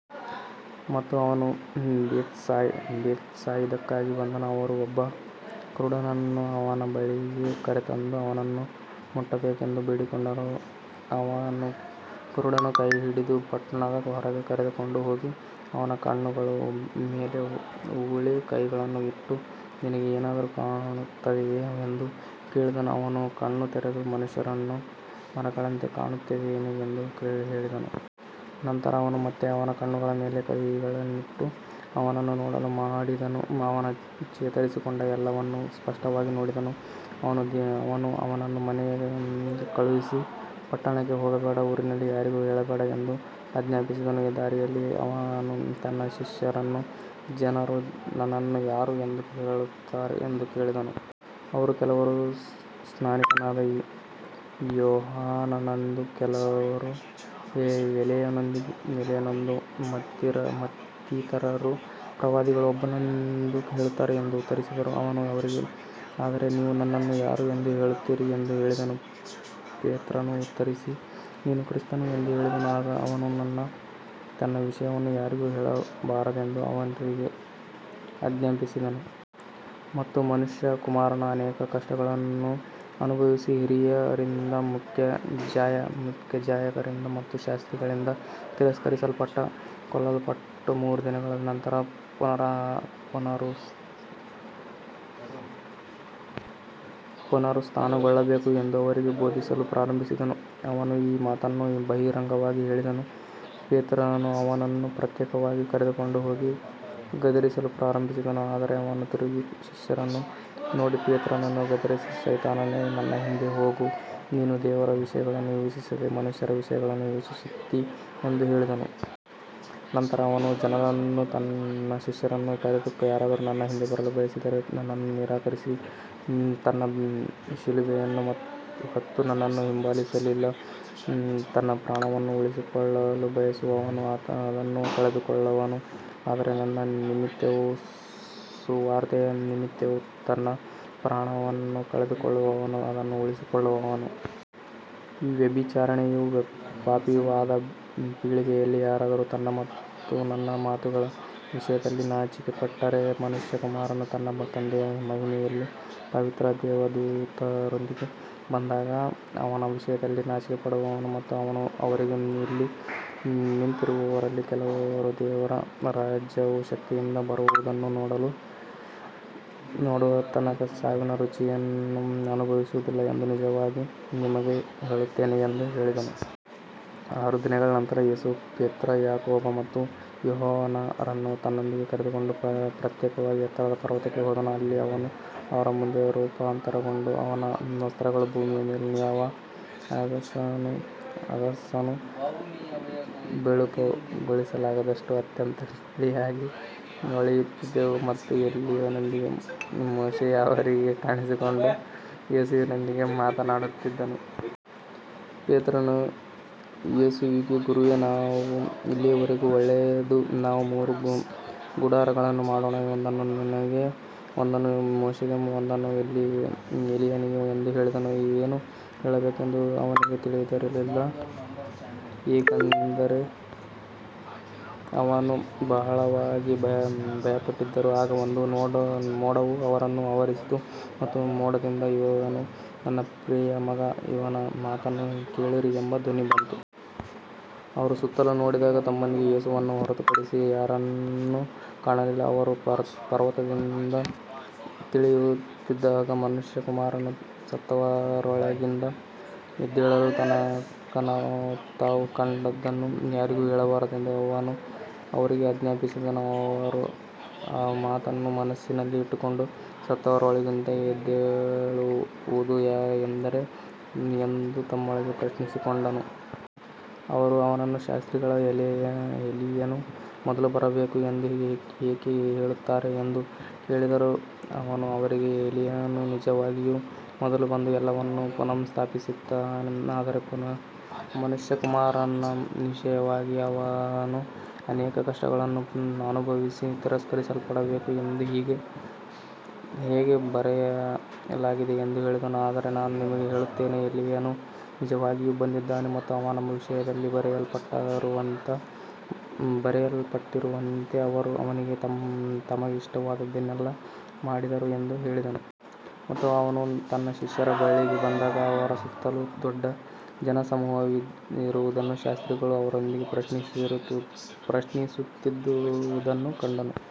ಮತ್ತು ಅವನು ಬೆತ್ಸಾಯಿದಾಕ್ಕೆ ಬಂದನು. ಅವರು ಒಬ್ಬ ಕುರುಡನನ್ನು ಅವನ ಬಳಿಗೆ ಕರೆತಂದು ಅವನನ್ನು ಮುಟ್ಟಬೇಕೆಂದು ಬೇಡಿಕೊಂಡರು. ಅವನು ಕುರುಡನ ಕೈಹಿಡಿದು ಪಟ್ಟಣದ ಹೊರಗೆ ಕರೆದುಕೊಂಡು ಹೋಗಿ ಅವನ ಕಣ್ಣುಗಳ ಮೇಲೆ ಉಗುಳಿ ಕೈಗಳನ್ನು ಇಟ್ಟು, ನಿನಗೆ ಏನಾದರೂ ಕಾಣುತ್ತದೆಯೇ ಎಂದು ಕೇಳಿದನು. ಅವನು ಕಣ್ಣು ತೆರೆದು, ಮನುಷ್ಯರನ್ನು ಮರಗಳಂತೆ ಕಾಣುತ್ತಿದ್ದೇನೆ ಎಂದು ಹೇಳಿದನು. ನಂತರ ಅವನು ಮತ್ತೆ ಅವನ ಕಣ್ಣುಗಳ ಮೇಲೆ ಕೈಗಳನ್ನಿಟ್ಟು ಅವನನ್ನು ನೋಡಲು ಮಾಡಿದನು. ಅವನು ಚೇತರಿಸಿಕೊಂಡು ಎಲ್ಲವನ್ನೂ ಸ್ಪಷ್ಟವಾಗಿ ನೋಡಿದನು. ಅವನು ಅವನನ್ನು ಮನೆಗೆ ಕಳುಹಿಸಿ, ಪಟ್ಟಣಕ್ಕೆ ಹೋಗಬೇಡ, ಊರಿನಲ್ಲಿ ಯಾರಿಗೂ ಹೇಳಬೇಡ ಎಂದು ಆಜ್ಞಾಪಿಸಿದನು. ದಾರಿಯಲ್ಲಿ ಅವನು ತನ್ನ ಶಿಷ್ಯರನ್ನು, ಜನರು ನನ್ನನ್ನು ಯಾರು ಎಂದು ಹೇಳುತ್ತಾರೆ ಎಂದು ಕೇಳಿದನು. ಅವರು, ಕೆಲವರು ಸ್ನಾನಿಕನಾದ ಯೋಹಾನನೆಂದೂ, ಕೆಲವರು ಎಲೀಯನೆಂದೂ, ಮತ್ತಿತರರು ಪ್ರವಾದಿಗಳಲ್ಲಿ ಒಬ್ಬನೆಂದೂ ಹೇಳುತ್ತಾರೆ ಎಂದು ಉತ್ತರಿಸಿದರು. ಅವನು ಅವರಿಗೆ, ಆದರೆ ನೀವು ನನ್ನನ್ನು ಯಾರು ಎಂದು ಹೇಳುತ್ತೀರಿ ಎಂದು ಕೇಳಿದನು. ಪೇತ್ರನು ಉತ್ತರಿಸಿ, ನೀನು ಕ್ರಿಸ್ತನು ಎಂದು ಹೇಳಿದನು. ಆಗ ಅವನು ತನ್ನ ವಿಷಯವನ್ನು ಯಾರಿಗೂ ಹೇಳಬಾರದೆಂದು ಅವರಿಗೆ ಆಜ್ಞಾಪಿಸಿದನು. ಮತ್ತು ಮನುಷ್ಯಕುಮಾರನು ಅನೇಕ ಕಷ್ಟಗಳನ್ನು ಅನುಭವಿಸಿ, ಹಿರಿಯರಿಂದ, ಮುಖ್ಯಯಾಜಕರಿಂದ ಮತ್ತು ಶಾಸ್ತ್ರಿಗಳಿಂದ ತಿರಸ್ಕರಿಸಲ್ಪಟ್ಟು ಕೊಲ್ಲಲ್ಪಟ್ಟು ಮೂರು ದಿನಗಳ ನಂತರ ಪುನರುತ್ಥಾನಗೊಳ್ಳಬೇಕು ಎಂದು ಅವರಿಗೆ ಬೋಧಿಸಲು ಪ್ರಾರಂಭಿಸಿದನು. ಅವನು ಈ ಮಾತನ್ನು ಬಹಿರಂಗವಾಗಿ ಹೇಳಿದನು. ಪೇತ್ರನು ಅವನನ್ನು ಪ್ರತ್ಯೇಕವಾಗಿ ಕರೆದುಕೊಂಡು ಹೋಗಿ ಗದರಿಸಲು ಪ್ರಾರಂಭಿಸಿದನು. ಆದರೆ ಅವನು ತಿರುಗಿ ಶಿಷ್ಯರನ್ನು ನೋಡಿ ಪೇತ್ರನನ್ನು ಗದರಿಸಿ, ಸೈತಾನನೇ, ನನ್ನ ಹಿಂದೆ ಹೋಗು, ನೀನು ದೇವರ ವಿಷಯಗಳನ್ನು ಯೋಚಿಸದೆ ಮನುಷ್ಯರ ವಿಷಯಗಳನ್ನು ಯೋಚಿಸುತ್ತೀ ಎಂದು ಹೇಳಿದನು. ನಂತರ ಅವನು ಜನರನ್ನೂ ತನ್ನ ಶಿಷ್ಯರನ್ನೂ ಕರೆದು, ಯಾರಾದರೂ ನನ್ನ ಹಿಂದೆ ಬರಲು ಬಯಸಿದರೆ ತನ್ನನ್ನು ನಿರಾಕರಿಸಿ ತನ್ನ ಶಿಲುಬೆಯನ್ನು ಹೊತ್ತು ನನ್ನನ್ನು ಹಿಂಬಾಲಿಸಲಿ. ತನ್ನ ಪ್ರಾಣವನ್ನು ಉಳಿಸಿಕೊಳ್ಳಲು ಬಯಸುವವನು ಅದನ್ನು ಕಳೆದುಕೊಳ್ಳುವನು, ಆದರೆ ನನ್ನ ನಿಮಿತ್ತವೂ ಸುವಾರ್ತೆಯ ನಿಮಿತ್ತವೂ ತನ್ನ ಪ್ರಾಣವನ್ನು ಕಳೆದುಕೊಳ್ಳುವವನು ಅದನ್ನು ಉಳಿಸಿಕೊಳ್ಳುವನು. ಈ ವ್ಯಭಿಚಾರಿಣಿಯೂ ಪಾಪಿಯೂ ಆದ ಪೀಳಿಗೆಯಲ್ಲಿ ಯಾರಾದರೂ ನನ್ನ ಮತ್ತು ನನ್ನ ಮಾತುಗಳ ವಿಷಯದಲ್ಲಿ ನಾಚಿಕೆಪಟ್ಟರೆ, ಮನುಷ್ಯಕುಮಾರನು ತನ್ನ ತಂದೆಯ ಮಹಿಮೆಯಲ್ಲಿ ಪವಿತ್ರ ದೇವದೂತರೊಂದಿಗೆ ಬಂದಾಗ ಅವನ ವಿಷಯದಲ್ಲಿ ನಾಚಿಕೆಪಡುವನು. ಮತ್ತು ಅವನು ಅವರಿಗೆ, ಇಲ್ಲಿ ನಿಂತಿರುವವರಲ್ಲಿ ಕೆಲವರು ದೇವರ ರಾಜ್ಯವು ಶಕ್ತಿಯಿಂದ ಬರುವುದನ್ನು ನೋಡುವ ತನಕ ಸಾವಿನ ರುಚಿಯನ್ನು ಅನುಭವಿಸುವುದಿಲ್ಲ ಎಂದು ನಿಜವಾಗಿ ನಿಮಗೆ ಹೇಳುತ್ತೇನೆ ಎಂದು ಹೇಳಿದನು. ಆರು ದಿನಗಳ ನಂತರ ಯೇಸು ಪೇತ್ರ, ಯಾಕೋಬ ಮತ್ತು ಯೋಹಾನರನ್ನು ತನ್ನೊಂದಿಗೆ ಕರೆದುಕೊಂಡು ಪ್ರತ್ಯೇಕವಾಗಿ ಎತ್ತರದ ಪರ್ವತಕ್ಕೆ ಹೋದನು. ಅಲ್ಲಿ ಅವನು ಅವರ ಮುಂದೆ ರೂಪಾಂತರಗೊಂಡನು. ಅವನ ವಸ್ತ್ರಗಳು ಭೂಮಿಯ ಮೇಲಿನ ಯಾವ ಅಗಸನೂ ಬಿಳುಪುಗೊಳಿಸಲಾಗದಷ್ಟು ಅತ್ಯಂತ ಬಿಳಿಯಾಗಿ ಹೊಳೆಯುತ್ತಿದ್ದವು. ಮತ್ತು ಎಲೀಯನೊಂದಿಗೆ ಮೋಶೆಯು ಅವರಿಗೆ ಕಾಣಿಸಿಕೊಂಡು ಯೇಸುವಿನೊಂದಿಗೆ ಮಾತನಾಡುತ್ತಿದ್ದನು. ಪೇತ್ರನು ಯೇಸುವಿಗೆ, ಗುರುವೇ, ನಾವು ಇಲ್ಲಿರುವುದು ಒಳ್ಳೆಯದು. ನಾವು ಮೂರು ಗುಡಾರಗಳನ್ನು ಮಾಡೋಣ, ಒಂದನ್ನು ನಿನಗೆ, ಒಂದನ್ನು ಮೋಶೆಗೆ ಮತ್ತು ಒಂದನ್ನು ಎಲೀಯನಿಗೆ ಎಂದು ಹೇಳಿದನು. ಏನು ಹೇಳಬೇಕೆಂದು ಅವನಿಗೆ ತಿಳಿದಿರಲಿಲ್ಲ, ಏಕೆಂದರೆ ಅವರು ಬಹಳವಾಗಿ ಭಯಪಟ್ಟಿದ್ದರು. ಆಗ ಒಂದು ಮೋಡವು ಅವರನ್ನು ಆವರಿಸಿತು ಮತ್ತು ಮೋಡದಿಂದ, ಇವನು ನನ್ನ ಪ್ರಿಯ ಮಗ, ಇವನ ಮಾತನ್ನು ಕೇಳಿರಿ ಎಂಬ ಧ್ವನಿ ಬಂತು. ಅವರು ಸುತ್ತಲೂ ನೋಡಿದಾಗ ತಮ್ಮೊಂದಿಗೆ ಯೇಸುವನ್ನು ಹೊರತುಪಡಿಸಿ ಯಾರನ್ನೂ ಕಾಣಲಿಲ್ಲ. ಅವರು ಪರ್ವತದಿಂದ ಇಳಿಯುತ್ತಿದ್ದಾಗ, ಮನುಷ್ಯಕುಮಾರನು ಸತ್ತವರೊಳಗಿಂದ ಎದ್ದೇಳುವ ತನಕ ತಾವು ಕಂಡದ್ದನ್ನು ಯಾರಿಗೂ ಹೇಳಬಾರದೆಂದು ಅವನು ಅವರಿಗೆ ಆಜ್ಞಾಪಿಸಿದನು. ಅವರು ಆ ಮಾತನ್ನು ಮನಸ್ಸಿನಲ್ಲಿ ಇಟ್ಟುಕೊಂಡು, ಸತ್ತವರೊಳಗಿಂದ ಎದ್ದೇಳುವುದು ಎಂದರೇನು ಎಂದು ತಮ್ಮೊಳಗೆ ಪ್ರಶ್ನಿಸಿಕೊಂಡರು. ಅವರು ಅವನನ್ನು, ಶಾಸ್ತ್ರಿಗಳು ಎಲೀಯನು ಮೊದಲು ಬರಬೇಕು ಎಂದು ಏಕೆ ಹೇಳುತ್ತಾರೆ ಎಂದು ಕೇಳಿದರು. ಅವನು ಅವರಿಗೆ, ಎಲೀಯನು ನಿಜವಾಗಿಯೂ ಮೊದಲು ಬಂದು ಎಲ್ಲವನ್ನೂ ಪುನಃಸ್ಥಾಪಿಸುತ್ತಾನೆ. ಆದರೆ ಮನುಷ್ಯಕುಮಾರನ ವಿಷಯವಾಗಿ ಅವನು ಅನೇಕ ಕಷ್ಟಗಳನ್ನು ಅನುಭವಿಸಿ ತಿರಸ್ಕರಿಸಲ್ಪಡಬೇಕು ಎಂದು ಹೇಗೆ ಬರೆಯಲಾಗಿದೆ ಎಂದು ಹೇಳಿದನು. ಆದರೆ ನಾನು ನಿಮಗೆ ಹೇಳುತ್ತೇನೆ, ಎಲೀಯನು ನಿಜವಾಗಿಯೂ ಬಂದಿದ್ದಾನೆ ಮತ್ತು ಅವನ ವಿಷಯದಲ್ಲಿ ಬರೆಯಲ್ಪಟ್ಟಿರುವಂತೆ ಅವರು ಅವನಿಗೆ ತಮಗೆ ಇಷ್ಟವಾದದ್ದನ್ನೆಲ್ಲ ಮಾಡಿದರು ಎಂದು ಹೇಳಿದನು. ಮತ್ತು ಅವನು ತನ್ನ ಶಿಷ್ಯರ ಬಳಿಗೆ ಬಂದಾಗ ಅವರ ಸುತ್ತಲೂ ದೊಡ್ಡ ಜನಸಮೂಹವಿರುವುದನ್ನೂ ಶಾಸ್ತ್ರಿಗಳು ಅವರೊಂದಿಗೆ ಪ್ರಶ್ನಿಸುತ್ತಿರುವುದನ್ನೂ ಕಂಡನು.